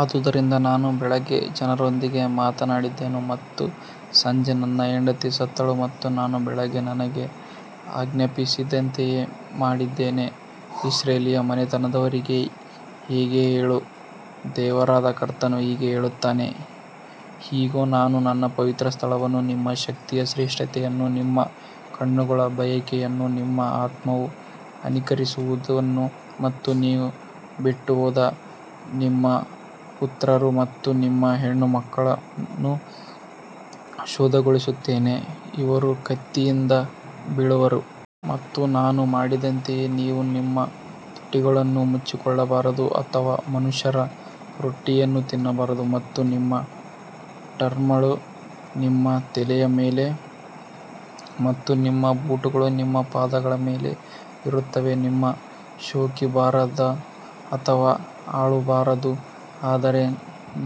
ಆದುದರಿಂದ ನಾನು ಬೆಳಿಗ್ಗೆ ಜನರೊಂದಿಗೆ ಮಾತನಾಡಿದೆನು ಮತ್ತು ಸಂಜೆ ನನ್ನ ಹೆಂಡತಿ ಸತ್ತಳು ಮತ್ತು ನಾನು ಬೆಳಿಗ್ಗೆ ನನಗೆ ಆಜ್ಞಾಪಿಸಿದಂತೆಯೇ ಮಾಡಿದೆನು. ಇಸ್ರಾಯೇಲ್ ಮನೆತನದವರಿಗೆ ಹೀಗೆ ಹೇಳು, ದೇವರಾದ ಕರ್ತನು ಹೀಗೆ ಹೇಳುತ್ತಾನೆ, ಇಗೋ, ನಾನು ನನ್ನ ಪವಿತ್ರ ಸ್ಥಳವನ್ನು, ನಿಮ್ಮ ಶಕ್ತಿಯ ಶ್ರೇಷ್ಠತೆಯನ್ನು, ನಿಮ್ಮ ಕಣ್ಣುಗಳ ಬಯಕೆಯನ್ನು, ನಿಮ್ಮ ಆತ್ಮವು ಕನಿಕರಿಸುವುದನ್ನು ಮತ್ತು ನೀವು ಬಿಟ್ಟುಹೋದ ನಿಮ್ಮ ಪುತ್ರರು ಮತ್ತು ನಿಮ್ಮ ಹೆಣ್ಣುಮಕ್ಕಳನ್ನು ಅಶುದ್ಧಗೊಳಿಸುತ್ತೇನೆ, ಅವರು ಕತ್ತಿಯಿಂದ ಬೀಳುವರು. ಮತ್ತು ನಾನು ಮಾಡಿದಂತೆಯೇ ನೀವು ನಿಮ್ಮ ತುಟಿಗಳನ್ನು ಮುಚ್ಚಿಕೊಳ್ಳಬಾರದು ಅಥವಾ ಮನುಷ್ಯರ ರೊಟ್ಟಿಯನ್ನು ತಿನ್ನಬಾರದು ಮತ್ತು ನಿಮ್ಮ ಟೈರ್ಗಳು ನಿಮ್ಮ ತಲೆಯ ಮೇಲೆ ಮತ್ತು ನಿಮ್ಮ ಬೂಟುಗಳು ನಿಮ್ಮ ಪಾದಗಳ ಮೇಲೆ ಇರುತ್ತವೆ, ನೀವು ಶೋಕಿಸಬಾರದು ಅಥವಾ ಅಳಬಾರದು, ಆದರೆ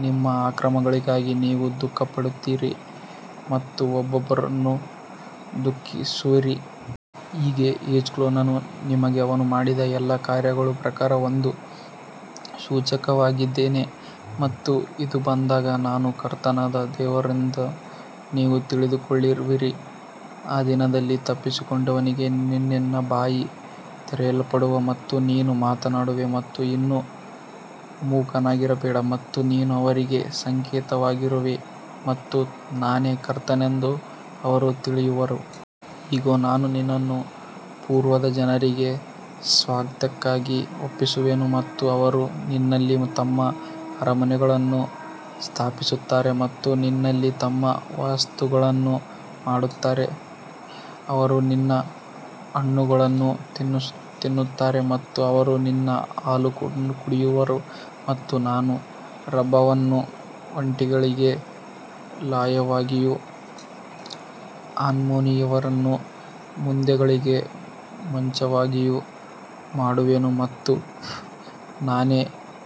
ನಿಮ್ಮ ಅಕ್ರಮಗಳಿಗಾಗಿ ನೀವು ದುಃಖಪಡುತ್ತೀರಿ ಮತ್ತು ಒಬ್ಬರನ್ನೊಬ್ಬರು ದುಃಖಿಸುವಿರಿ. ಹೀಗೆ ಯೆಹೆಜ್ಕೇಲನು ನಿಮಗೆ ಅವನು ಮಾಡಿದ ಎಲ್ಲಾ ಕಾರ್ಯಗಳ ಪ್ರಕಾರ ಒಂದು ಸೂಚಕವಾಗಿದ್ದಾನೆ ಮತ್ತು ಇದು ಬಂದಾಗ ನಾನು ಕರ್ತನಾದ ದೇವರೆಂದು ನೀವು ತಿಳಿದುಕೊಳ್ಳುವಿರಿ. ಆ ದಿನದಲ್ಲಿ ತಪ್ಪಿಸಿಕೊಂಡವನಿಗೆ ನಿನ್ನ ಬಾಯಿ ತೆರೆಯಲ್ಪಡುವುದು ಮತ್ತು ನೀನು ಮಾತನಾಡುವೆ ಮತ್ತು ಇನ್ನು ಮೂಕನಾಗಿರಬೇಡ ಮತ್ತು ನೀನು ಅವರಿಗೆ ಸಂಕೇತವಾಗಿರುವೆ ಮತ್ತು ನಾನೇ ಕರ್ತನೆಂದು ಅವರು ತಿಳಿಯುವರು. ಇಗೋ, ನಾನು ನಿನ್ನನ್ನು ಪೂರ್ವದ ಜನರಿಗೆ ಸ್ವಾಸ್ತ್ಯಕ್ಕಾಗಿ ಒಪ್ಪಿಸುವೆನು ಮತ್ತು ಅವರು ನಿನ್ನಲ್ಲಿ ತಮ್ಮ ಅರಮನೆಗಳನ್ನು ಸ್ಥಾಪಿಸುತ್ತಾರೆ ಮತ್ತು ನಿನ್ನಲ್ಲಿ ತಮ್ಮ ವಾಸಸ್ಥಾನಗಳನ್ನು ಮಾಡುತ್ತಾರೆ, ಅವರು ನಿನ್ನ ಹಣ್ಣುಗಳನ್ನು ತಿನ್ನುತ್ತಾರೆ ಮತ್ತು ಅವರು ನಿನ್ನ ಹಾಲನ್ನು ಕುಡಿಯುವರು. ಮತ್ತು ನಾನು ರಬ್ಬಾವನ್ನು ಒಂಟೆಗಳಿಗೆ ಲಾಯವಾಗಿಯೂ ಅಮ್ಮೋನಿಯರನ್ನು ಮಂದೆಗಳಿಗೆ ಮಂಚವಾಗಿಯೂ ಮಾಡುವೆನು ಮತ್ತು ನಾನೇ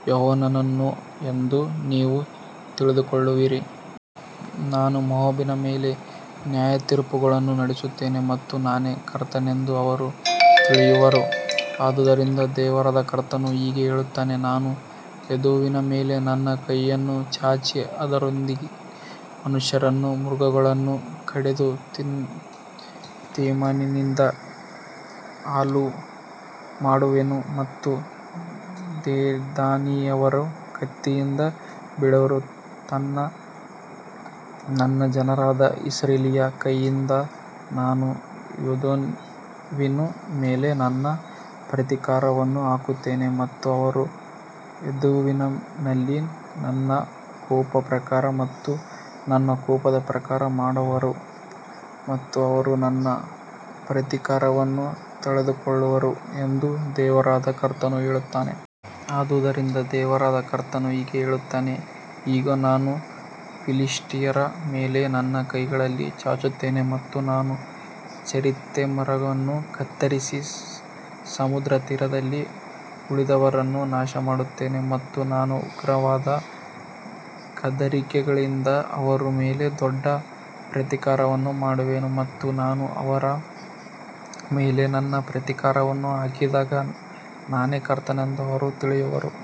ಯೆಹೋವನು ಎಂದು ನೀವು ತಿಳಿದುಕೊಳ್ಳುವಿರಿ. ಮತ್ತು ನಾನು ಮೋವಾಬಿನ ಮೇಲೆ ನ್ಯಾಯತೀರ್ಪುಗಳನ್ನು ನಡೆಸುತ್ತೇನೆ ಮತ್ತು ನಾನೇ ಕರ್ತನೆಂದು ಅವರು ತಿಳಿಯುವರು. ಆದದರಿಂದ ದೇವರಾದ ಕರ್ತನು ಹೀಗೆ ಹೇಳುತ್ತಾನೆ, ನಾನು ಎದೋಮಿನ ಮೇಲೆ ನನ್ನ ಕೈಯನ್ನು ಚಾಚಿ ಅದರಿಂದ ಮನುಷ್ಯರನ್ನೂ ಮೃಗಗಳನ್ನೂ ಕಡಿದು ತೇಮಾನಿನಿಂದ ಹಾಳುಮಾಡುವೆನು ಮತ್ತು ದೇದಾನಿನವರು ಕತ್ತಿಯಿಂದ ಬೀಳುವರು. ನನ್ನ ಜನರಾದ ಇಸ್ರಾಯೇಲ್ಯರ ಕೈಯಿಂದ ನಾನು ಎದೋಮಿನ ಮೇಲೆ ನನ್ನ ಪ್ರತೀಕಾರವನ್ನು ಹಾಕುತ್ತೇನೆ ಮತ್ತು ಅವರು ಎದೋಮಿನಲ್ಲಿ ನನ್ನ ಕೋಪದ ಪ್ರಕಾರ ಮತ್ತು ನನ್ನ ಕೋಪದ ಪ್ರಕಾರ ಮಾಡುವರು ಮತ್ತು ಅವರು ನನ್ನ ಪ್ರತೀಕಾರವನ್ನು ತಿಳಿದುಕೊಳ್ಳುವರು ಎಂದು ದೇವರಾದ ಕರ್ತನು ಹೇಳುತ್ತಾನೆ. ಆದದರಿಂದ ದೇವರಾದ ಕರ್ತನು ಹೀಗೆ ಹೇಳುತ್ತಾನೆ, ಇಗೋ, ನಾನು ಫಿಲಿಷ್ಟಿಯರ ಮೇಲೆ ನನ್ನ ಕೈಯನ್ನು ಚಾಚುತ್ತೇನೆ ಮತ್ತು ನಾನು ಚೆರೆಥಿಮರನ್ನು ಕತ್ತರಿಸಿ ಸಮುದ್ರತೀರದಲ್ಲಿ ಉಳಿದಿರುವವರನ್ನು ನಾಶಮಾಡುತ್ತೇನೆ. ಮತ್ತು ನಾನು ಉಗ್ರವಾದ ಗದರಿಕೆಗಳಿಂದ ಅವರ ಮೇಲೆ ದೊಡ್ಡ ಪ್ರತೀಕಾರವನ್ನು ಮಾಡುವೆನು ಮತ್ತು ನಾನು ಅವರ ಮೇಲೆ ನನ್ನ ಪ್ರತೀಕಾರವನ್ನು ಹಾಕಿದಾಗ ನಾನೇ ಕರ್ತನೆಂದು ಅವರು ತಿಳಿಯುವರು.